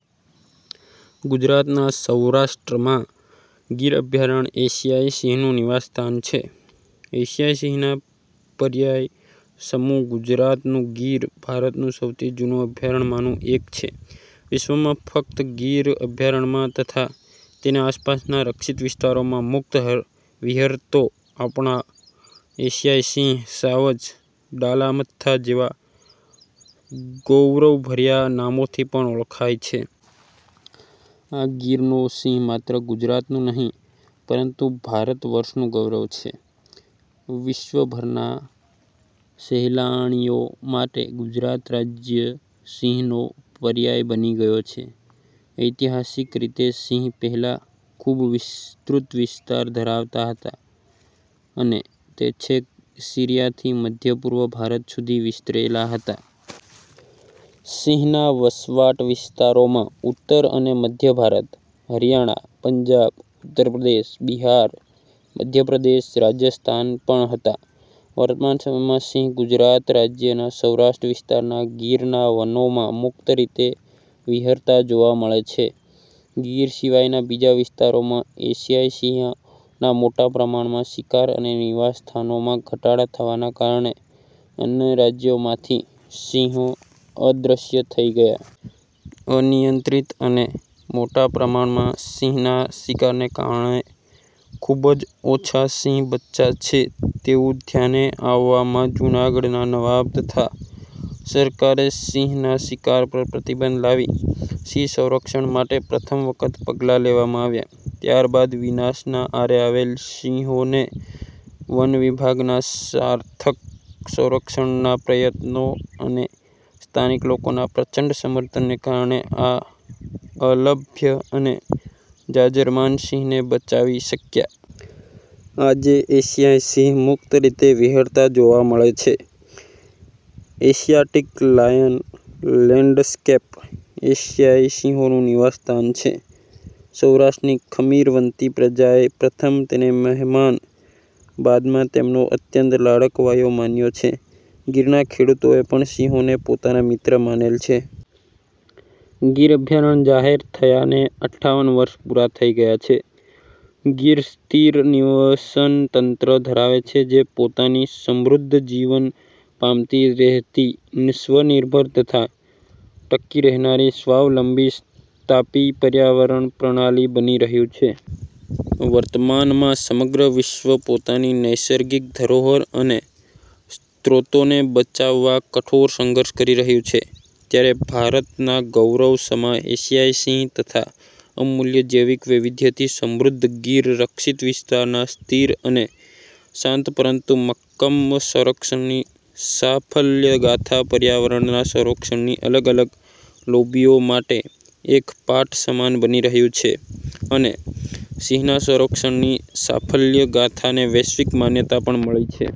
ગુજરાતના સૌરાષ્ટ્રમાં ગીર અભ્યારણ્ય એશિયાઇ સિંહોનું નિવાસ સ્થાન છે. એશિયાઇ સિંહનાં પર્યાય સમું ગુજરાતનું ગીર, ભારતનાં સૌથી જુના અભ્યારણ્યોમાંનું એક છે, વિશ્વમાં ફકત ગીર અભયારણ્યમાં તથા તેના આસપાસનાં રક્ષિત વિસ્તારોમાં મુકત વિહરતો આપના એશિયાઇ સિંહ, સાવજ, ડાલામથ્થા જેવા ગૌરવભર્યા નામોથી પણ ઓળખાય છે. આ ગીરનો સિંહ માત્ર ગુજરાતનું નહીં, પરંતુ ભારત વર્ષનું ગૌરવ છે. વિશ્વભરનાં સહેલાણીઓ માટે ગુજરાત રાજય સિંહનો પર્યાય બની ગયો છે. ઐતિહાસીક રીતે સિંહ પહેલા ખુબ વિસ્તૃત વિસ્તાર ધરાવતા હતા અને તે છેક સિરીયાથી મધ્યપૂર્વ ભારત સુધી વિસ્તરેલા હતાં. સિંહના વસવાટ વિસ્તારોમાં ઉત્તર અને મધ્યભારત, હરીયાણા, પંજાબ, ઉત્તરપ્રદેશ, બિહાર, મધ્યપ્રદેશ, રાજસ્થાન પણ હતા. વર્તમાન સમયમાં સિંહ ગુજરાત રાજયનાં સૌરાષ્ટ્ર વિસ્તારમાં ગીરનાં વનોમાં મુકત રીતે વિહરતા જોવા મળે છે. ગીર સિવાયનાં બીજા વિસ્તારોમાં એશિયાઈ સિંહનાં મોટા પ્રમાણમાં શિકાર અને નિવાસ સ્થાનોમાં ઘટાડો થવાનાં કારણે અન્ય રાજયોમાંથી સિંહો અદ્રશ્ય થઇ ગયા. અનિયંત્રિત અને મોટા પ્રમાણમાં સિંહનાં શિકારને કારણે ખુબજ ઓછા સિંહ બચ્યા છે, તેવું ધ્યાને આવવામાં જુનાગઢનાં નવાબ તથા સરકારે સિંહનાં શિકાર પર પ્રતિબંધ લાવી સિંહ સંરક્ષણ માટે પ્રથમ વખત પગલા લેવામાં આવ્યાં. ત્યાર બાદ વિનાશનાં આરે આવેલ સિંહોને વન વિભાગનાં સાર્થક – સંરક્ષણનાં પ્રયત્નો અને સ્થાનિક લોકોના પ્રચંડ સમર્થનને કારણે આ અલભ્ય અને જાજરમાન સિંહને બચાવી શકયા. આજે એશિયાઇ સિંહ મુકત રીતે વિહરતા જોવા મળે છે. એશિયાટીક લાયન લેન્ડસ્કેપ, એશિયાઇ સિંહોનું નિવાસ સ્થાન છે, સૌરાષ્ટ્રની ખમીરવંતી પ્રજાએ પ્રથમ તેને મહેમાન, બાદમાં તેમનો અત્યંત લાડકવાયો માન્યો છે. ગીરનાં ખેડૂતોએ પણ સિંહોને પોતાના મિત્ર માનેલ છે. ગીર અભ્યારણ્ય જાહેર થયાને અઠ્ઠાવન વર્ષ પુરા થઈ ગયા છે. ગીર સ્થિર નિવસન તંત્ર ધરાવે છે જે પોતાની સમૃધ્ધ જીવન પામતી રહેતી સ્વનિર્ભર તથા ટકી રહેનારી સ્વાવલંબી સ્થાપી પર્યાવરણ પ્રણાલી બની રહ્યુ છે. વર્તમાનમાં સમગ્ર વિશ્વ પોતાની નૈસર્ગિક ધરોહર અને સ્રોતોને બચાવવા કઠોર સંઘર્ષ કરી રહ્યું છે, ત્યારે ગુજરાતનાં ગૌરવ સમા એશિયાઇ સિંહ તથા અમુલ્ય જૈવિક વૈવિધ્યથી સમૃધ્ધ ગીર રક્ષિત વિસ્તારનાં સ્થિર અને શાંત પરંતુ મકકમ સંરક્ષણની સાફલ્યગાથા પર્યાવરણનાં સંરક્ષણની અલગ-અલગ લોબીઓ માટે એક પાઠ સમાન બની રહ્યું છે અને સિંહનાં સંરક્ષણની સાફલ્ય ગાથાને વૈશ્વિક માન્યતા પણ મળી છે.